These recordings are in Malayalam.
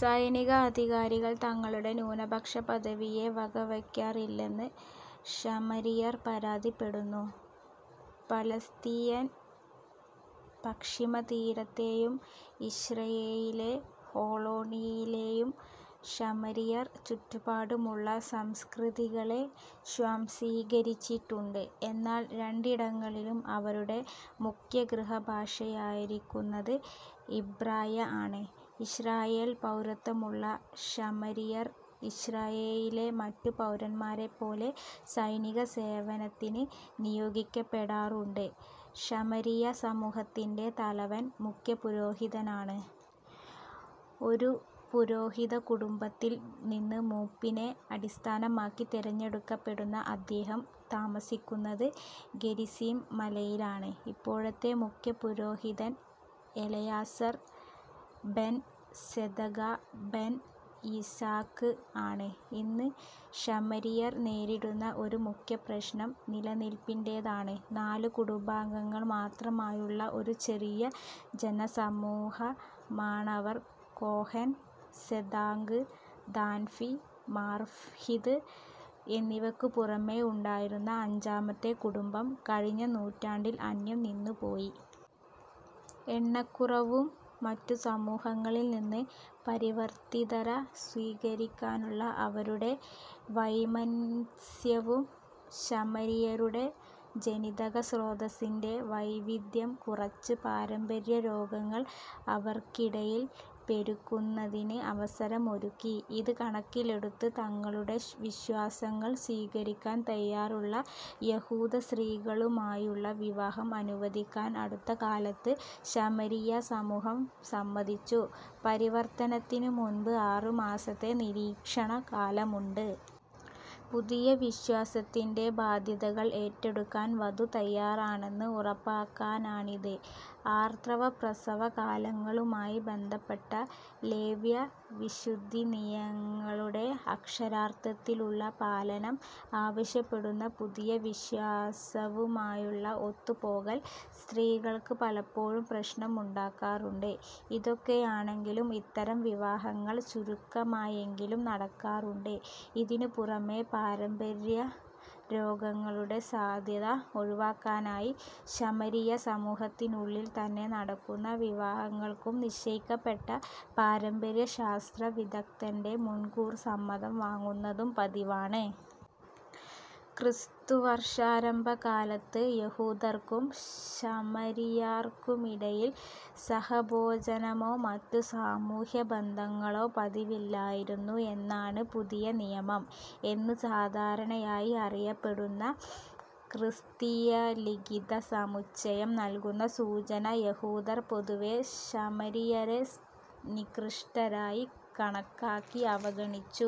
സൈനിക അധികാരികൾ തങ്ങളുടെ ന്യൂനപക്ഷപദവിയെ വകവയ്ക്കാറില്ലെന്ന് ശമരിയർ പരാതിപ്പെടുന്നു.. പലസ്തീനിയൻ പശ്ചിമതീരത്തേയും ഇസ്രായേലിലെ ഹോളോണിലേയും ശമരിയർ ചുറ്റുപാടുമുള്ള സംസ്കൃതികളെ സ്വാംശീകരിച്ചിട്ടുണ്ട്. എന്നാൽ രണ്ടിടങ്ങളിലും അവരുടെ മുഖ്യഗൃഹഭാഷയായിരിക്കുന്നത് എബ്രായ ആണ്. ഇസ്രായേൽ പൗരത്വമുള്ള ശമരിയർ, ഇസ്രായേലിലെ മറ്റു പൗരന്മാരെപ്പോലെ സൈനികസേവനത്തിന് നിയോഗിക്കപ്പെടാറുണ്ട്. ശമരിയ സമൂഹത്തിന്റെ തലവൻ മുഖ്യപുരോഹിതനാണ്. ഒരു പുരോഹിതകുടുംബത്തിൽ നിന്ന് മൂപ്പിനെ അടിസ്ഥാനമാക്കി തെരഞ്ഞെടുക്കപ്പെടുന്ന അദ്ദേഹം, താമസിക്കുന്നത് ഗെരിസിം മലയിലാണ്. ഇപ്പോഴത്തെ മുഖ്യപുരോഹിതൻ Elazar ben Tsedaka ben Yitzhaq ആണ്. ഇന്ന് ശമരിയർ നേരിടുന്ന ഒരു മുഖ്യപ്രശ്നം നിലനില്പിന്റേതാണ്. നാലു കുടുംബങ്ങൾ മാത്രമായുള്ള ഒരു ചെറിയ ജനസമൂഹമാണവർ. കോഹൻ, സെദാഖ്, ദാൻഫി, മാർഹിബ് എന്നിവക്കു പുറമേ ഉണ്ടായിരുന്ന അഞ്ചാമത്തെ കുടുംബം കഴിഞ്ഞ നൂറ്റാണ്ടിൽ അന്യം നിന്നുപോയി. എണ്ണക്കുറവും മറ്റു സമൂഹങ്ങളിൽ നിന്ന് പരിവർത്തിതരെ സ്വീകരിക്കാനുള്ള അവരുടെ വൈമനസ്യവും ശമരിയരുടെ ജനിതകസ്രോതസ്സിന്റെ വൈവിദ്ധ്യം കുറച്ച് പാരമ്പര്യരോഗങ്ങൾ അവർക്കിടയിൽ പെരുക്കുന്നതിന് അവസരമൊരുക്കി. ഇത് കണക്കിലെടുത്ത്, തങ്ങളുടെ വിശ്വാസങ്ങൾ സ്വീകരിക്കാൻ തയ്യാറുള്ള യഹൂദസ്ത്രീകളുമായുള്ള വിവാഹം അനുവദിക്കാൻ അടുത്ത കാലത്ത് ശമരിയ സമൂഹം സമ്മതിച്ചു. പരിവർത്തനത്തിനുമുൻപ് ആറുമാസത്തെ നിരീക്ഷണകാലമുണ്ട്. പുതിയ വിശ്വാസത്തിന്റെ ബാദ്ധ്യതകൾ ഏറ്റെടുക്കാൻ വധു തയ്യാറാണെന്ന് ഉറപ്പാക്കാനാണിത്. ആർത്തവ-പ്രസവ കാലങ്ങളുമായി ബന്ധപ്പെട്ട ലേവ്യ വിശുദ്ധിനിയങ്ങളുടെ അക്ഷരാർത്ഥത്തിലുള്ള പാലനം അവശ്യപ്പെടുന്ന പുതിയ വിശ്വാസവുമായുള്ള ഒത്തുപോകൽ, സ്ത്രീകൾക്ക് പലപ്പോഴും പ്രശ്നമുണ്ടാക്കാറുണ്ട്. ഇതൊക്കെയാണെങ്കിലും ഇത്തരം വിവാഹങ്ങൾ ചുരുക്കമായെങ്കിലും നടക്കാറുണ്ട്. ഇതിനുപുറമേ, പാരമ്പര്യരോഗങ്ങളുടെ സാധ്യത ഒഴിവാക്കാനായി, ശമരിയ സമൂഹത്തിനുള്ളിൽ തന്നെ നടക്കുന്ന വിവാഹങ്ങൾക്കും, നിശ്ചയിക്കപ്പെട്ട പാരമ്പര്യശാസ്ത്രവിദഗ്ദ്ധന്റെ മുൻകൂർ സമ്മതം വാങ്ങുന്നതും പതിവാണ്. ക്രിസ്തുവർഷാരംഭകാലത്ത് യഹൂദർക്കും ശമരിയർക്കുമിടയിൽ സഹഭോജനമോ മറ്റു സാമൂഹ്യബന്ധങ്ങളോ പതിവില്ലായിരുന്നു എന്നാണ് പുതിയനിയമം എന്ന് സാധാരണയായി അറിയപ്പെടുന്ന ക്രിസ്തീയലിഖിതസമുച്ചയം നൽകുന്ന സൂചന. യഹൂദർ പൊതുവേ ശമരിയരെ നികൃഷ്ടരായി കണക്കാക്കി അവഗണിച്ചു.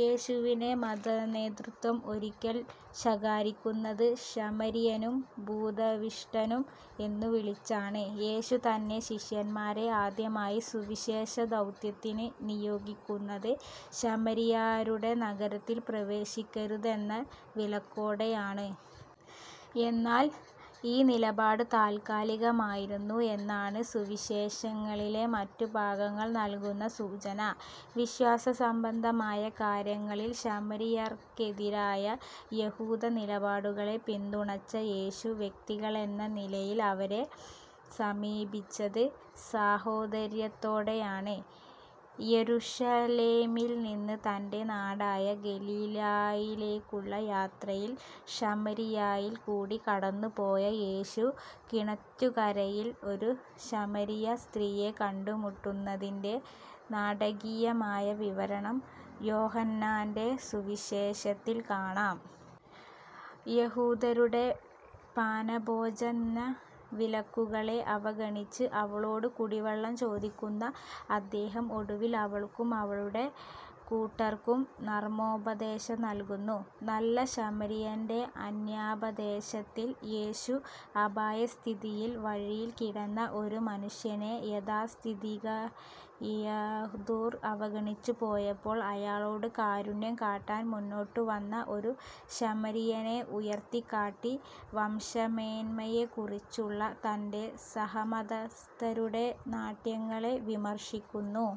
യേശുവിനെ മതനേതൃത്വം ഒരിക്കൽ ശകാരിക്കുന്നത് "ശമരിയനും ഭൂതാവിഷ്ടനും" എന്നു വിളിച്ചാണ്. യേശു തന്നെ, ശിഷ്യന്മാരെ ആദ്യമായി സുവിശേഷ ദൗത്യത്തിനു നിയോഗിക്കുന്നത് ശമരിയരുടെ നഗരത്തിൽ പ്രവേശിക്കരുതെന്ന വിലക്കോടെയാണ്. എന്നാൽ ഈ നിലപാട് താൽക്കാലികമായിരുന്നു എന്നാണ് സുവിശേഷങ്ങളിലെ മറ്റു ഭാഗങ്ങൾ നൽകുന്ന സൂചന. വിശ്വാസസംബന്ധമായ കാര്യങ്ങളിൽ ശമരിയർക്കെതിരായ യഹൂദനിലപാടുകളെ പിന്തുണച്ച യേശു, വ്യക്തികളെന്ന നിലയിൽ അവരെ സമീപിച്ചത് സഹോദര്യത്തോടെയാണ്. യെരുശലേമിൽ നിന്ന് തന്റെ നാടായ ഗലീലായിലേക്കുള്ള യാത്രയിൽ ശമരിയായിൽ കൂടി കടന്നുപോയ യേശു കിണറ്റുകരയിൽ ഒരു ശമരിയ സ്ത്രീയെ കണ്ടുമുട്ടുന്നതിന്റെ നാടകീയമായ വിവരണം യോഹന്നാന്റെ സുവിശേഷത്തിൽ കാണാം. യഹൂദരുടെ പാനഭോജനവിലക്കുകളെ അവഗണിച്ച് അവളോട് കുടിവെള്ളം ചോദിക്കുന്ന അദ്ദേഹം ഒടുവിൽ അവൾക്കും അവളുടെ കൂട്ടർക്കും നർമ്മോപദേശം നൽകുന്നു. നല്ല ശമരിയന്റെ അന്യാപദേശത്തിൽ യേശു, അപായസ്ഥിതിയിൽ വഴിയിൽ കിടന്ന ഒരു മനുഷ്യനെ യാഥാസ്ഥിതികയഹൂദർ അവഗണിച്ചുപോയപ്പോൾ അയാളോട് കാരുണ്യം കാട്ടാൻ മുന്നോട്ടുവന്ന ഒരു ശമരിയനെ ഉയർത്തിക്കാട്ടി, വംശമേന്മയെക്കുറിച്ചുള്ള തന്റെ സഹമതസ്ഥരുടെ നാട്യങ്ങളെ വിമർശിക്കുന്നു.